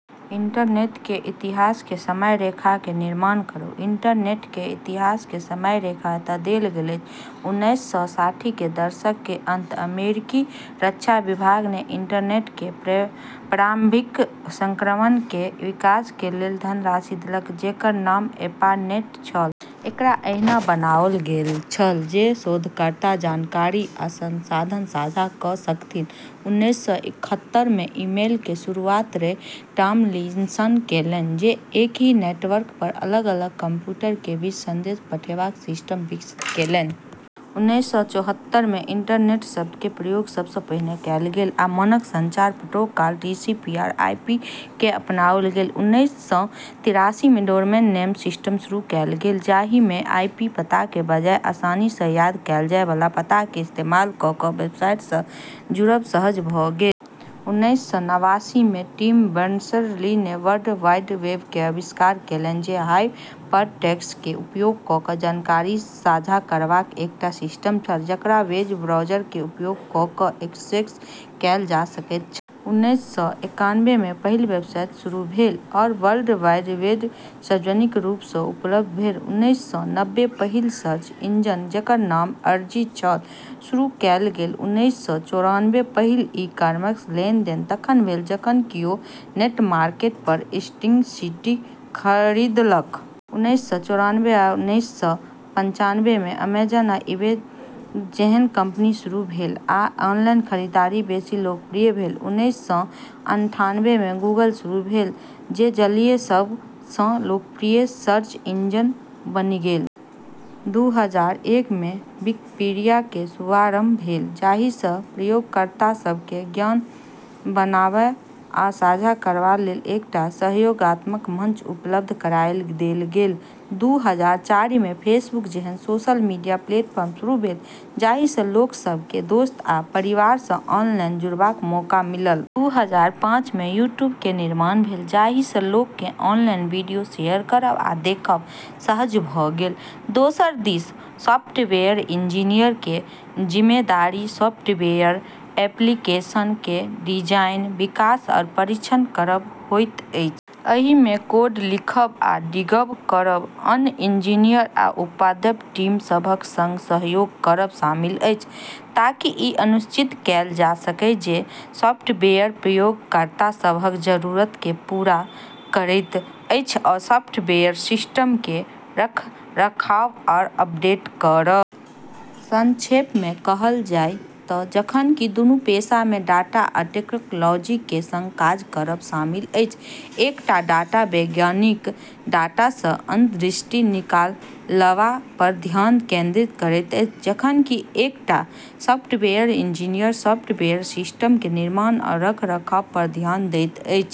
Internet के इतिहास के समय रेखा के निर्माण करू। इंटरनेट केर इतिहास केर समय रेखा एतय देल गेल अछि। उन्नैस सय साठि के दशक के अंत अमेरिकी रक्षा विभाग ने इंटरनेट केर प्रारंभिक संस्करण के विकास लेल धनराशि देलक जेकर नाम एर्पानेट छल। एकरा एहिना बनाओल गेल छल जे शोधकर्ता जानकारी आ संसाधन साझा कऽ सकथि। उन्नैस सय इकहत्तर मे ईमेल केर शुरुआत रे टॉमलिनसन केलनि, जे एक ही नेटवर्क पर अलग अलग कंप्यूटर के बीच संदेश पठेबाक सिस्टम विकसित केलनि। उन्नैस सय चौहत्तर मे इंटरनेट शब्द केर प्रयोग सब सँ पहिने कएल गेल, आ मानक संचार प्रोटोकॉल टीसीपी आ आईपी केँ अपनाओल गेल। उन्नैस सय तिरासी मे डोमेन नेम सिस्टम शुरू कएल गेल, जाहि सँ आईपी पता के बजाय आसानी सँ याद कएल जाय वाला पता के इस्तेमाल कऽ कऽ वेबसाइट सँ जुड़ब सहज भऽ गेल। उन्नैस सय नवासी मे टिम बर्नर्स ली ने वर्ल्ड वाइड वेब के आविष्कार केलनि, जे हाइपरटेक्स्ट के उपयोग कऽ कऽ जानकारी साझा करबाक एकटा सिस्टम छल जेकरा वेब ब्राउज़र के उपयोग कऽ कऽ एक्सेस कएल जा सकैत छल। उन्नैस सय एकानबे मे पहिल वेबसाइट शुरू भेल, आ वर्ल्ड वाइड वेब सार्वजनिक रूप सँ उपलब्ध भेल। उन्नैस सय नब्बे पहिल सर्च इंजन, जेकर नाम आर्ची छल, शुरू कएल गेल। उन्नैस सय चौरानबे पहिल ई कॉमर्स लेनदेन तखन भेल जखन कियो नेटमार्केट पर स्टिंग सीडी खरीदलक। उन्नैस सय चौरानबे आ उन्नैस सय पंचानबे मे अमेजन आ ईबे जेहन कंपनी शुरू भेल, आ ऑनलाइन खरीदारी बेसी लोकप्रिय भेल। उन्नैस सय अठानबे मे गूगल शुरू भेल, जे जल्दीए सब सँ लोकप्रिय सर्च इंजन बनि गेल। दुई हजार एक मे विकिपीडिया के शुभारंभ भेल, जाहि सँ प्रयोगकर्ता सभ केँ ज्ञान बनाबय आ साझा करबा लेल एकटा सहयोगात्मक मंच उपलब्ध कराए देल गेल। दुई हजार चारि मे फेसबुक जेहन सोशल मीडिया प्लेटफॉर्म शुरू भेल, जाहि सँ लोक सभ केँ दोस्त आ परिवार सँ ऑनलाइन जुड़बाक मौका मिलल। दुई हजार पाँच मे यूट्यूब के निर्माण भेल, जाहि सँ लोक के ऑनलाइन वीडियो शेयर करब आ देखब सहज भऽ गेल। दोसर दिस, सॉफ्टवेयर इंजीनियर केर जिम्मेदारी सॉफ्टवेयर एप्लीकेशन केर डिजाइन, विकास आ परीक्षण करब होइत अछि। एहि मे कोड लिखब आ डिबग करब, अन्य इंजीनियर आ उत्पाद टीम सभक संग सहयोग करब शामिल अछि ताकि ई सुनिश्चित कएल जा सकय जे सॉफ्टवेयर प्रयोगकर्ता सभक जरूरत केँ पूरा करैत अछि, आ सॉफ्टवेयर सिस्टम केर रख रखाव आ अपडेट करब। संक्षेप मे कहल जाय तँ जखन कि दुनू पेशा मे डाटा आ टेक्नोलॉजी केर संग काज करब शामिल अछि, एकटा डाटा वैज्ञानिक डाटा सँ अंतर्दृष्टि निकालबा पर ध्यान केंद्रित करैत अछि, जखन कि एकटा सॉफ्टवेयर इंजीनियर सॉफ्टवेयर सिस्टम केर निर्माण आ रख रखाव पर ध्यान दैत अछि।